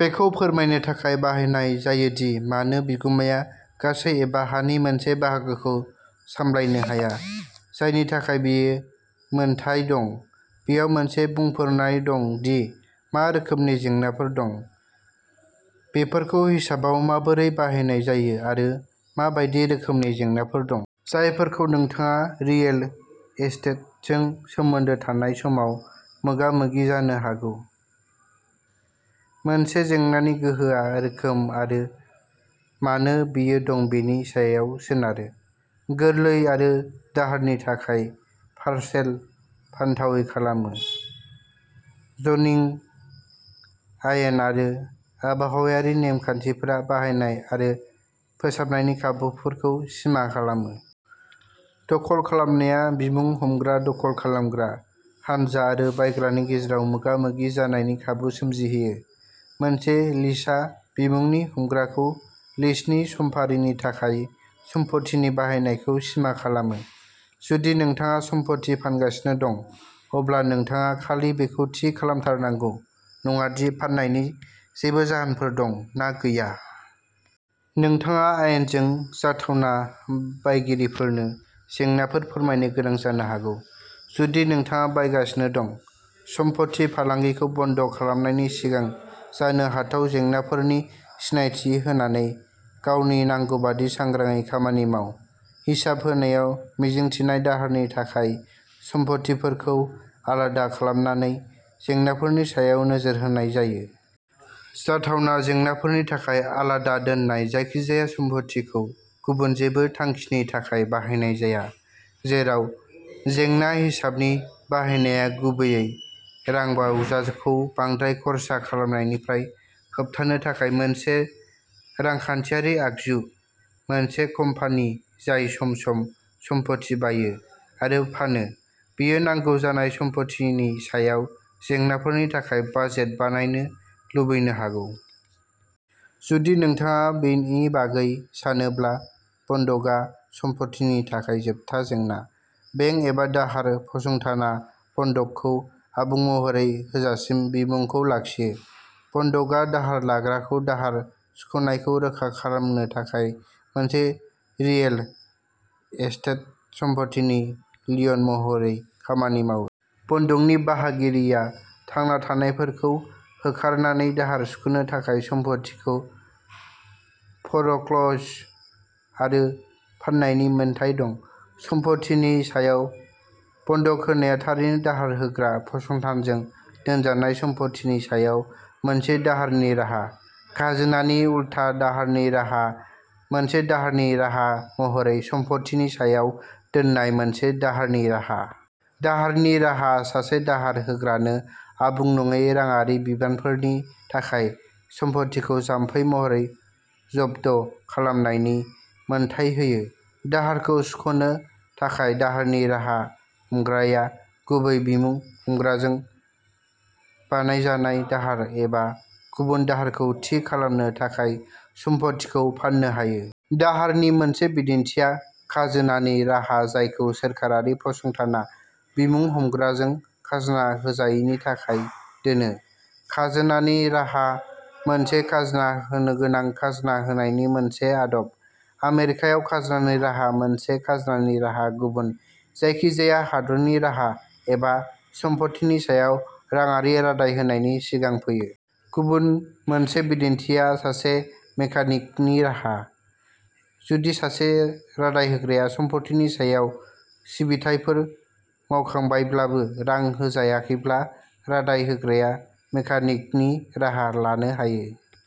बेखौ फोरमायनो थाखाय बाहायनाय जायो दि मानो बिगुमाया गासै एबा हानि मोनसे बाहागोखौ सामलायनो हाया। जायनि थाखाय बियो मोनथाय दं। बेयाव मोनसे बुंफोरनाय दं दि मा रोखोमनि जेंनाफोर दं। बेफोरखौ हिसाबाव माबोरै बाहायनाय जायो आरो मा बायदि रोखोमनि जेंनाफोर दं। जायफोरखौ नोंथाङा रियेल एस्टेटजों सोमोन्दो थानाय समाव मोगा-मोगि जानो हागौ। मोनसे जेंनानि गोहोमआ रोखोम आरो मानो बेयो दं बेनि सायाव सोनारो। गोरलै आरो दाहारनि थाखाय पारसेलखौ फानथावै खालामो। जनिं आयेन आरो आबहावायारि नेम-खान्थिफोरा बाहायनाय आरो फोसाबनायनि खाबुफोरखौ सिमा खालामो। दखल खालामनाया बिमुं-हमग्रा दखल खालामग्रा हानजा आरो बायग्रानि गेजेराव मोगा-मोगि जानायनि खाबु सोमजिहोयो। मोनसे लिजआ बिमुंनि हमग्राजों लिजनि समफारिनि थाखाय सम्पथिनि बाहायनायखौ सिमा खालामो। जुदि नोंथाङा सम्पथि फानगासिनो दं। अब्ला नोंथाङा खालि बेखौ थि खालामथारनांगौ नङा दि फाननायनि जेबो जेंनाफोर दं ना गैया। नोंथाङा आयेनजों जाथावना बायगिरिफोरनो जेंनाफोर फोरमायनो गोनां जानो हागौ। जुदि नोंथाङा बायगासिनो दं। सम्फथि फालांगिखौ बन्द खालामनायनि सिगां जानो हाथाव जेंनाफोरनि सिनायथि होनानै गावनि नांगौ बायदि सांग्राङै खामानि माव। हिसाब होनायाव मिजिंथिनाय दाहारनि थाखाय सम्फथिफोरखौ आलादा खालामनानै जेंनाफोरनि सायाव नोजोर होनाय जायो। जाथावना जेंनाफोरनि थाखाय आलादा दोननाय जायखिजाया सम्फथिखौ गुबुन जेबो थांखिनि थाखाय बाहायनो हाया। जेराव जेंना हिसाबनि बाहायनाया गुबैयै रांबावजाखौ बांद्राय खर्सा खालामनायनिफ्राय होबथानो थाखाय मोनसे रांखान्थियारि आगजु मोनसे कम्पानि जाय सम-सम सम्फथि बायो आरो फानो बियो नांगौ जानाय सम्फथिनि सायाव जेंनाफोरनि थाखाय बाजेट बानायनो लुबैनो हागौ। जुदि नोंथाङा बेनि बागै सानोब्ला बन्दकआ सम्पथिनि सायाव जोबथा जेंना। बेंक एबा दाहार फसंथानआ बन्दकखौ आबुं महरै होजासिम बिमुंखौ लाखियो। बन्दकआ दाहार लाग्राखौ दाहार सुख'नायखौ रोखा खालामनो थाखाय मोनसे रियेल एस्टेट सम्पथिनि लियन महरै खामानि मावो। बन्दकनि बाहागिरिया थांना थानायफोरखौ होखारनानै दाहार सुख'नो थाखाय सम्फथिखौ फ'रक्ल'ज आरो फाननायनि मोन्थाइ दं। सम्फथिनि सायाव। बन्दक होनाया थारैनो दाहार होग्रा फसंथानजों दोनजानाय सम्फथिनि सायाव मोनसे दाहारनि राहा। खाजोनानि उल्था दाहारनि राहा मोनसे दाहारनि राहा महरै सम्फथिनि सायाव दोननाय मोनसे दाहारनि राहा। दाहारनि राहा सासे दाहार होग्रानो आबुं नङै राङारि बिबानफोरनि थाखाय सम्फथिखौ जामफै महरै जब्द खालामनायनि मोन्थाइ होयो। दाहारखौ सुख'नो थाखाय दाहारनि राहा हमग्राया गुबै बिमुं हमग्राजों बानायजानाय दाहार एबा गुबुन दाहारखौ थि खालामनो थाखाय सम्फथिखौ फान्नो हायो। दाहारनि मोनसे बिदिन्थिआ खाजोनानि राहा जायखौ सोरखारि फसंथानआ बिमुं हमग्राजों खाजोना होजायैनि थाखाय दोनो। खाजोनानि राहा मोनसे खाजोना होनोगोनां खाजोना होनायनि मोनसे आदब। आमेरिकायाव खाजोनानि राहा मोनसे खाजोनानि राहा गुबुन जायखिजाया दाहारनि राहा एबा सम्फथिनि सायाव राङारि रादाय होनायनि सिगां फैयो। गुबुन मोनसे बिदिन्थिआ सासे मेकानिकनि राहा। जुदि सासे रादाय होग्राया सम्फथिनि सायाव सिबिथायफोर मावखांबायब्लाबो रां होजायाखैब्ला रादाय होग्राया मेकानिकनि राहा लानो हायो।